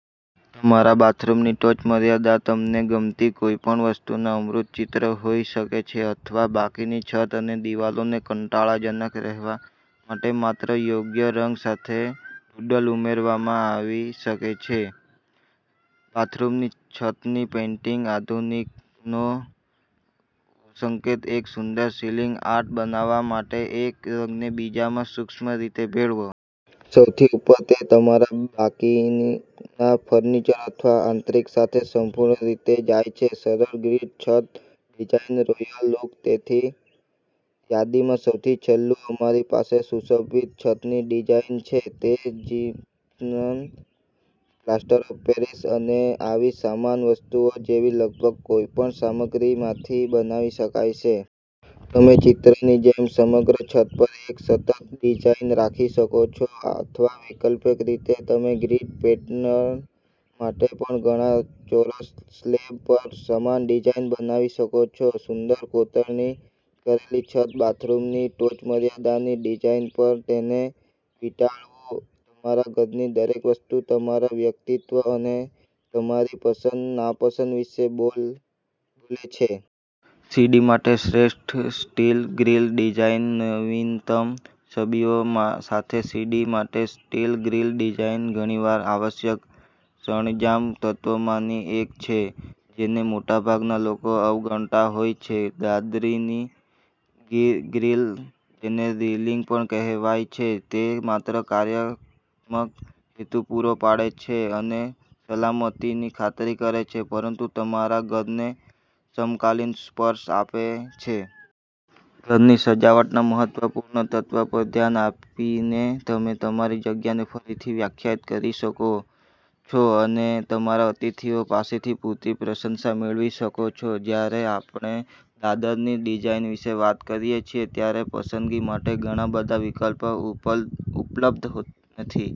તમારા બાથરૂમની ટોચમર્યાદામાં તમને ગમતી કોઈપણ વસ્તુનું અમૂર્ત ચિત્ર હોઈ શકે છે અથવા બાકીની છત અને દિવાલોને કંટાળાજનક રહેવા માટે માત્ર યોગ્ય રંગ સાથે ડૂડલ ઉમેરવામાં આવી શકે છે. બાથરૂમની છતની પેઇન્ટિંગ આધુનિકનો સંકેત એક સુંદર સીલિંગ આર્ટ બનાવવા માટે એક રંગને બીજામાં સૂક્ષ્મ રીતે ભેળવો. સૌથી ઉપર, તે તમારા બાકીના ફર્નિચર અથવા આંતરિક સાથે સંપૂર્ણ રીતે જાય છે. સરળ ગ્રીડ છત ડિઝાઇન રોયલ લુક તેથી યાદીમાં સૌથી છેલ્લું અમારી પાસે સુશોભિત છતની ડિઝાઇન છે. તે જીપ્સમ, પ્લાસ્ટર ઓફ પેરિસ અને આવી સમાન વસ્તુઓ જેવી લગભગ કોઈપણ સામગ્રીમાંથી બનાવી શકાય છે. તમે ચિત્રની જેમ, સમગ્ર છત પર એક સતત ડિઝાઇન રાખી શકો છો. અથવા વૈકલ્પિક રીતે તમે ગ્રીડ પેટર્ન માટે પણ ઘણા ચોરસ સ્લેબ પર સમાન ડિઝાઇન બનાવી શકો છો. સુંદર કોતરણી કરેલી છત બાથરૂમની ટોચમર્યાદાની ડિઝાઇન પર તેને વીંટાળવું તમારા ઘરની દરેક વસ્તુ તમારા વ્યક્તિત્વ અને તમારી પસંદ-નાપસંદ વિશે બોલે છે. સીડી માટે શ્રેષ્ઠ સ્ટીલ ગ્રીલ ડિઝાઇન નવીનતમ છબીઓ સાથે સીડી માટે સ્ટીલ ગ્રીલ ડિઝાઇન ઘણીવાર આવશ્યક સરંજામ તત્વોમાંની એક છે જેને મોટાભાગના લોકો અવગણતા હોય છે. દાદરી ગ્રીલ, જેને રેલિંગ પણ કહેવાય છે, તે માત્ર કાર્યાત્મક હેતુપૂરો પાડે છે અને સલામતીની ખાતરી કરે છે પરંતુ તમારા ઘરને સમકાલીન સ્પર્શ આપે છે. ઘરની સજાવટના મહત્વપૂર્ણ તત્વ પર ધ્યાન આપીને તમે તમારી જગ્યાને ફરીથી વ્યાખ્યાયિત કરી શકો છો અને તમારા અતિથિઓ પાસેથી પૂરતી પ્રશંસા મેળવી શકો છો. જ્યારે આપણે દાદરની ડિઝાઇન વિશે વાત કરીએ છીએ ત્યારે પસંદગી માટે ઘણા બધા વિકલ્પો ઉપલ ઉપલબ્ધ નથી.